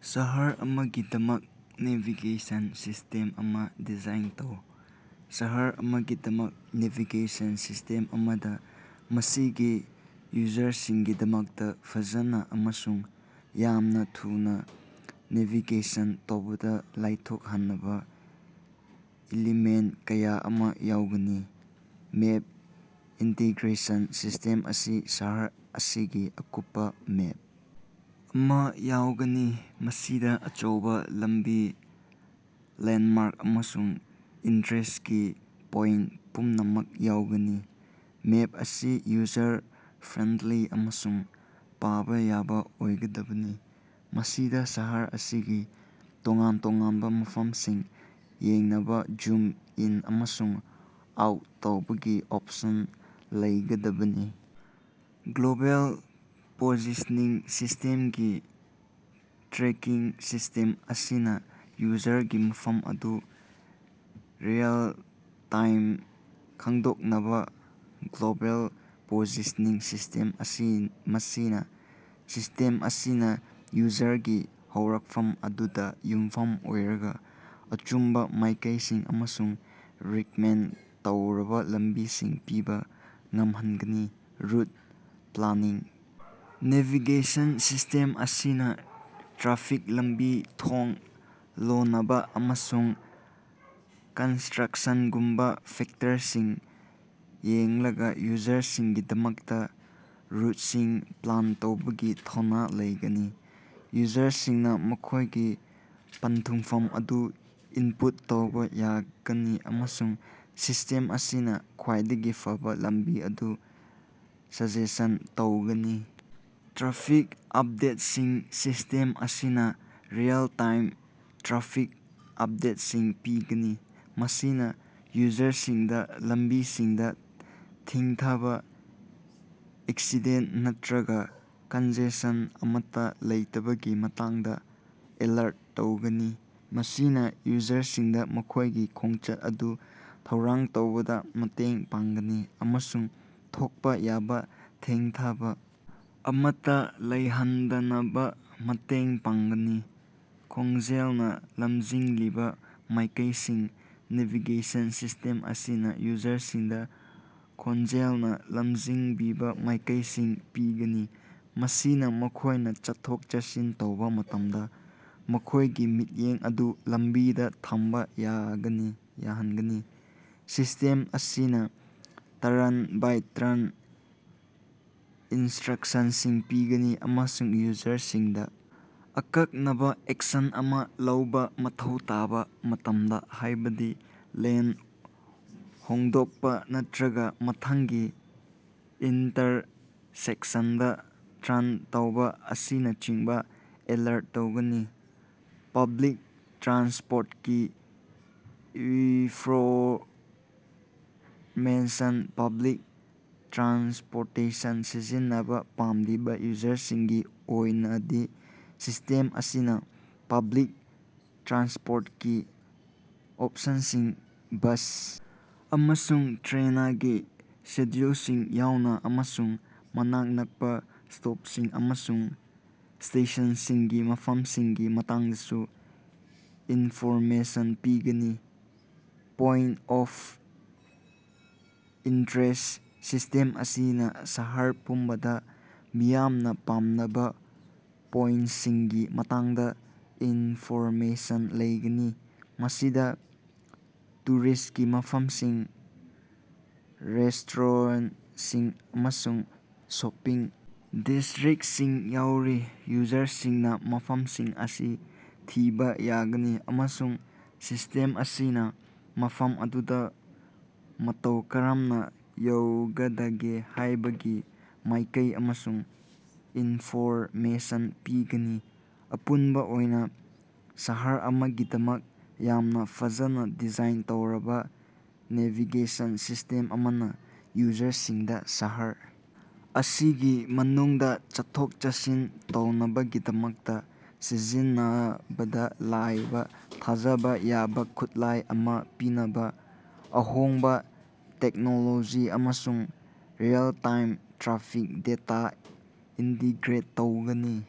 ꯁꯍꯔ ꯑꯃꯒꯤꯗꯃꯛ navigation system ꯑꯃ ꯗꯤꯖꯥꯏꯟ ꯇꯧ꯫ ꯁꯍꯔ ꯑꯃꯒꯤꯗꯃꯛ ꯅꯦꯚꯤꯒꯦꯁꯟ ꯁꯤꯁ꯭ꯇꯦꯝ ꯑꯃꯗ ꯃꯁꯤꯒꯤ ꯌꯨꯖꯔꯁꯤꯡꯒꯤꯗꯃꯛꯇ ꯐꯖꯅ ꯑꯃꯁꯨꯡ ꯌꯥꯝꯅ ꯊꯨꯅ ꯅꯦꯚꯤꯒꯦꯁꯟ ꯇꯧꯕꯗ ꯂꯥꯏꯊꯣꯛꯍꯟꯅꯕ ꯏꯂꯤꯃꯦꯟꯇ ꯀꯌꯥ ꯑꯃ ꯌꯥꯎꯒꯅꯤ꯫ ꯃꯦꯞ ꯏꯟꯇꯤꯒ꯭ꯔꯦꯁꯟ ꯁꯤꯁ꯭ꯇꯦꯝ ꯑꯁꯤ ꯁꯍꯔ ꯑꯁꯤꯒꯤ ꯑꯀꯨꯞꯄ ꯃꯦꯞ ꯑꯃ ꯌꯥꯎꯒꯅꯤ꯫ ꯃꯁꯤꯗ ꯑꯆꯧꯕ ꯂꯝꯕꯤ, ꯂꯦꯟꯗꯃꯥꯔꯛ, ꯑꯃꯁꯨꯡ ꯏꯟꯇꯔꯦꯁ꯭ꯇꯀꯤ ꯄꯣꯏꯟꯇ ꯄꯨꯝꯅꯃꯛ ꯌꯥꯎꯒꯅꯤ꯫ ꯃꯦꯞ ꯑꯁꯤ ꯌꯨꯖꯔ ꯐ꯭ꯔꯦꯟꯗꯂꯤ ꯑꯃꯁꯨꯡ ꯄꯥꯕ ꯌꯥꯕ ꯑꯣꯏꯒꯗꯕꯅꯤ, ꯃꯁꯤꯗ ꯁꯍꯔ ꯑꯁꯤꯒꯤ ꯇꯣꯉꯥꯟ ꯇꯣꯉꯥꯟꯕ ꯃꯐꯝꯁꯤꯡ ꯌꯦꯡꯅꯕ ꯖꯨꯝ ꯏꯟ ꯑꯃꯁꯨꯡ ꯑꯥꯎꯠ ꯇꯧꯕꯒꯤ ꯑꯣꯞꯁꯟ ꯂꯩꯒꯗꯕꯅꯤ꯫ ꯒ꯭ꯂꯣꯕꯦꯜ ꯄꯣꯖꯤꯁꯅꯤꯡ ꯁꯤꯁꯇꯦꯝꯀꯤ ꯇ꯭ꯔꯦꯀꯤꯡ ꯁꯤꯁ꯭ꯇꯦꯝ ꯑꯁꯤꯅ ꯌꯨꯖꯔꯒꯤ ꯃꯐꯝ ꯑꯗꯨ ꯔꯤꯑꯦꯜ ꯇꯥꯏꯝꯗ ꯈꯪꯗꯣꯛꯅꯕ ꯒ꯭ꯂꯣꯕꯦꯜ ꯄꯣꯖꯤꯁꯅꯤꯡ ꯁꯤꯁꯇꯦꯝ ꯃꯁꯤꯅ ꯁꯤꯁ꯭ꯇꯦꯝ ꯑꯁꯤꯅ ꯌꯨꯖꯔꯒꯤ ꯍꯧꯔꯛꯐꯝ ꯑꯗꯨꯗ ꯌꯨꯝꯐꯝ ꯑꯣꯏꯔꯒ ꯑꯆꯨꯝꯕ ꯃꯥꯏꯀꯩꯁꯤꯡ ꯑꯃꯁꯨꯡ ꯔꯤꯛꯃꯦꯟꯗ ꯇꯧꯔꯕ ꯂꯝꯕꯤꯁꯤꯡ ꯄꯤꯕꯥ ꯉꯝꯍꯟꯒꯅꯤ꯫ ꯔꯨꯠ ꯄ꯭ꯂꯥꯅꯤꯡ ꯅꯦꯚꯤꯒꯦꯁꯟ ꯁꯤꯁ꯭ꯇꯦꯝ ꯑꯁꯤꯅꯥ ꯇ꯭ꯔꯥꯐꯤꯛ, ꯂꯝꯕꯤ ꯊꯣꯡ ꯂꯣꯅꯕ ꯑꯃꯁꯨꯡ ꯀꯟꯁꯇꯔꯛꯁꯟꯒꯨꯝꯕ ꯐꯦꯛꯇꯔꯁꯤꯡ ꯌꯦꯡꯂꯒ ꯌꯨꯖꯔꯁꯤꯡꯒꯤꯗꯃꯛꯇ ꯔꯨꯠꯁꯤꯡ ꯄ꯭ꯂꯥꯟ ꯇꯧꯕꯒꯤ ꯊꯧꯅ ꯂꯩꯒꯅꯤ꯫ ꯌꯨꯖꯔꯁꯤꯡꯅ ꯃꯈꯣꯏꯒꯤ ꯄꯟꯊꯨꯡꯐꯝ ꯑꯗꯨ ꯏꯟꯄꯨꯠ ꯇꯧꯕ ꯌꯥꯒꯅꯤ ꯑꯃꯁꯨꯡ ꯁꯤꯁ꯭ꯇꯦꯝ ꯑꯁꯤꯅ ꯈ꯭ꯋꯥꯏꯗꯒꯤ ꯐꯥꯕ ꯂꯝꯕꯤ ꯑꯗꯨ ꯁꯖꯦꯁꯟ ꯇꯧꯒꯅꯤ꯫ ꯇ꯭ꯔꯥꯐꯤꯛ ꯑꯞꯗꯦꯠꯁꯤꯡ ꯁꯤꯁ꯭ꯇꯦꯝ ꯑꯁꯤꯅꯥ ꯔꯤꯑꯦꯜ-ꯇꯥꯏꯝ ꯇ꯭ꯔꯥꯐꯤꯛ ꯑꯞꯗꯦꯠꯁꯤꯡ ꯄꯤꯒꯅꯤ, ꯃꯁꯤꯅ ꯌꯨꯖꯔꯁꯤꯡꯗ ꯂꯝꯕꯤꯁꯤꯡꯗ ꯊꯦꯡꯊꯕ, ꯑꯦꯛꯁꯤꯗꯦꯟꯇ ꯅꯠꯇ꯭ꯔꯒ ꯀꯟꯖꯦꯁꯟ ꯑꯃꯠꯇ ꯂꯩꯇꯕꯒꯤ ꯃꯇꯥꯡꯗ ꯑꯦꯂꯔꯠ ꯇꯧꯒꯅꯤ꯫ ꯃꯁꯤꯅ ꯌꯨꯖꯔꯁꯤꯡꯗ ꯃꯈꯣꯏꯒꯤ ꯈꯣꯡꯆꯠ ꯑꯗꯨ ꯊꯧꯔꯥꯡ ꯇꯧꯕꯗ ꯃꯇꯦꯡ ꯄꯥꯡꯒꯅꯤ ꯑꯃꯁꯨꯡ ꯊꯣꯛꯄ ꯌꯥꯕ ꯊꯦꯡꯊꯕ ꯑꯃꯠꯇ ꯂꯩꯍꯟꯗꯅꯕ ꯃꯇꯦꯡ ꯄꯥꯡꯒꯅꯤ꯫ ꯈꯣꯟꯖꯦꯜꯅ ꯂꯝꯖꯤꯡꯕꯤꯕ ꯃꯥꯏꯀꯩꯁꯤꯡ ꯅꯦꯚꯤꯒꯦꯁꯟ ꯁꯤꯁ꯭ꯇꯦꯝ ꯑꯁꯤꯅ ꯌꯨꯖꯔꯁꯤꯡꯗ ꯈꯣꯟꯖꯦꯜꯅ ꯂꯝꯖꯤꯡꯕꯤꯕ ꯃꯥꯏꯀꯩꯁꯤꯡ ꯄꯤꯒꯅꯤ, ꯃꯁꯤꯅ ꯃꯈꯣꯏꯅ ꯆꯠꯊꯣꯛ-ꯆꯠꯁꯤꯟ ꯇꯧꯕ ꯃꯇꯝꯗ ꯃꯈꯣꯏꯒꯤ ꯃꯤꯠꯌꯦꯡ ꯑꯗꯨ ꯂꯝꯕꯤꯗ ꯊꯝꯕ ꯌꯥꯒꯅꯤ ꯌꯥꯍꯟꯒꯅꯤ꯫ ꯁꯤꯁ꯭ꯇꯦꯝ ꯑꯁꯤꯅ ꯇꯔꯟ-ꯕꯥꯏ-ꯇꯔꯟ ꯏꯟꯁꯇꯔꯛꯁꯟꯁꯤꯡ ꯄꯤꯒꯅꯤ ꯑꯃꯁꯨꯡ ꯌꯨꯖꯔꯁꯤꯡꯗ ꯑꯀꯛꯅꯕ ꯑꯦꯛꯁꯟ ꯑꯃ ꯂꯧꯕꯥ ꯃꯊꯧ ꯇꯥꯕ ꯃꯇꯝꯗ ꯍꯥꯏꯕꯗꯤ ꯂꯦꯟ ꯍꯣꯡꯗꯣꯛꯄ ꯅꯠꯇꯔꯒ ꯃꯊꯪꯒꯤ ꯏꯟꯇꯔꯁꯦꯛꯁꯟꯗ ꯇꯔꯟ ꯇꯧꯕ ꯑꯁꯤꯅꯆꯤꯡꯕ ꯑꯦꯂꯔꯠ ꯇꯧꯒꯅꯤ꯫ ꯄꯕ꯭ꯂꯤꯛ ꯇ꯭ꯔꯥꯟꯁꯄꯣꯔꯇꯀꯤ ꯏꯟꯐꯣꯔꯃꯦꯁꯟ ꯄꯕ꯭ꯂꯤꯛ ꯇ꯭ꯔꯥꯟꯁꯄꯣꯔꯇꯦꯁꯟ ꯁꯤꯖꯤꯟꯅꯕ ꯄꯥꯝꯂꯤꯕ ꯌꯨꯖꯔꯁꯤꯡꯒꯤ ꯑꯣꯏꯅꯗꯤ ꯁꯤꯁ꯭ꯇꯦꯝ ꯑꯁꯤꯅ ꯄꯕ꯭ꯂꯤꯛ ꯇ꯭ꯔꯥꯟꯁꯄꯣꯔꯇꯀꯤ ꯑꯣꯞꯁꯟꯁꯤꯡ, ꯕꯁ ꯑꯃꯁꯨꯡ ꯇ꯭ꯔꯦꯅꯒꯤ ꯁꯦꯗ꯭ꯌꯨꯜꯁꯤꯡ ꯌꯥꯎꯅ, ꯑꯃꯁꯨꯡ ꯃꯅꯥꯛ ꯅꯛꯄ ꯁ꯭ꯇꯣꯞꯁꯤꯡ ꯑꯃꯁꯨꯡ ꯁ꯭ꯇꯦꯁꯟꯁꯤꯡꯒꯤ ꯃꯐꯝꯁꯤꯡꯒꯤ ꯃꯇꯥꯡꯗꯁꯨ ꯏꯟꯐꯣꯔꯃꯦꯁꯟ ꯄꯤꯒꯅꯤ꯫ ꯄꯣꯏꯟꯇ ꯑꯣꯐ ꯏꯟꯇꯔꯦꯁ꯭ꯠ ꯁꯤꯁ꯭ꯇꯦꯝ ꯑꯁꯤꯅ ꯁꯍꯔ ꯄꯨꯝꯕꯗ ꯃꯤꯌꯥꯝꯅ ꯄꯥꯝꯅꯕ ꯄꯣꯏꯟꯇꯁꯤꯡꯒꯤ ꯃꯇꯥꯡꯗ ꯏꯟꯐꯣꯔꯃꯦꯁꯟ ꯂꯩꯒꯅꯤ, ꯃꯁꯤꯗꯥ ꯇꯨꯔꯤꯁ꯭ꯇꯀꯤ ꯃꯐꯝꯁꯤꯡ, ꯔꯦꯁ꯭ꯇꯣꯔꯦꯟꯇꯁꯤꯡ ꯑꯃꯁꯨꯡ ꯁꯣꯄꯤꯡ ꯗꯤꯁ꯭ꯠꯔꯤꯛꯇꯁꯤꯡ ꯌꯥꯎꯔꯤ꯫ ꯌꯨꯖꯔꯁꯤꯡꯅꯥ ꯃꯐꯝꯁꯤꯡ ꯑꯁꯤ ꯊꯤꯕ ꯌꯥꯒꯅꯤ ꯑꯃꯁꯨꯡ ꯁꯤꯁ꯭ꯇꯦꯝ ꯑꯁꯤꯅ ꯃꯐꯝ ꯑꯗꯨꯗ ꯃꯇꯧ ꯀꯔꯝꯅꯥ ꯌꯧꯒꯗꯒꯦ ꯍꯥꯏꯕꯒꯤ ꯃꯥꯏꯀꯩ ꯑꯃꯁꯨꯡ ꯏꯟꯐꯣꯔꯃꯦꯁꯟ ꯄꯤꯒꯅꯤ꯫ ꯑꯄꯨꯟꯕ ꯑꯣꯏꯅꯥ ꯁꯍꯔ ꯑꯃꯒꯤꯗꯃꯛ ꯌꯥꯝꯅ ꯐꯖꯅ ꯗꯤꯖꯥꯏꯟ ꯇꯧꯔꯕꯥ ꯅꯦꯚꯤꯒꯦꯁꯟ ꯁꯤꯁ꯭ꯇꯦꯝ ꯑꯃꯅ ꯌꯨꯖꯔꯁꯤꯡꯗ ꯁꯍꯔ ꯑꯁꯤꯒꯤ ꯃꯅꯨꯡꯗ ꯆꯠꯊꯣꯛ-ꯆꯠꯁꯤꯟ ꯇꯧꯅꯕꯒꯤꯗꯃꯛꯇ ꯁꯤꯖꯤꯟꯅꯕꯗ ꯂꯥꯏꯕ, ꯊꯥꯖꯕ ꯌꯥꯕ ꯈꯨꯠꯂꯥꯏ ꯑꯃ ꯄꯤꯅꯕ ꯑꯍꯣꯡꯕ ꯇꯦꯛꯅꯣꯂꯣꯖꯤ ꯑꯃꯁꯨꯡ ꯔꯤꯑꯦꯜ-ꯇꯥꯏꯝ ꯇ꯭ꯔꯥꯐꯤꯛ ꯗꯦꯇꯥ ꯏꯟꯇꯤꯒ꯭ꯔꯦꯠ ꯇꯧꯒꯅꯤ꯫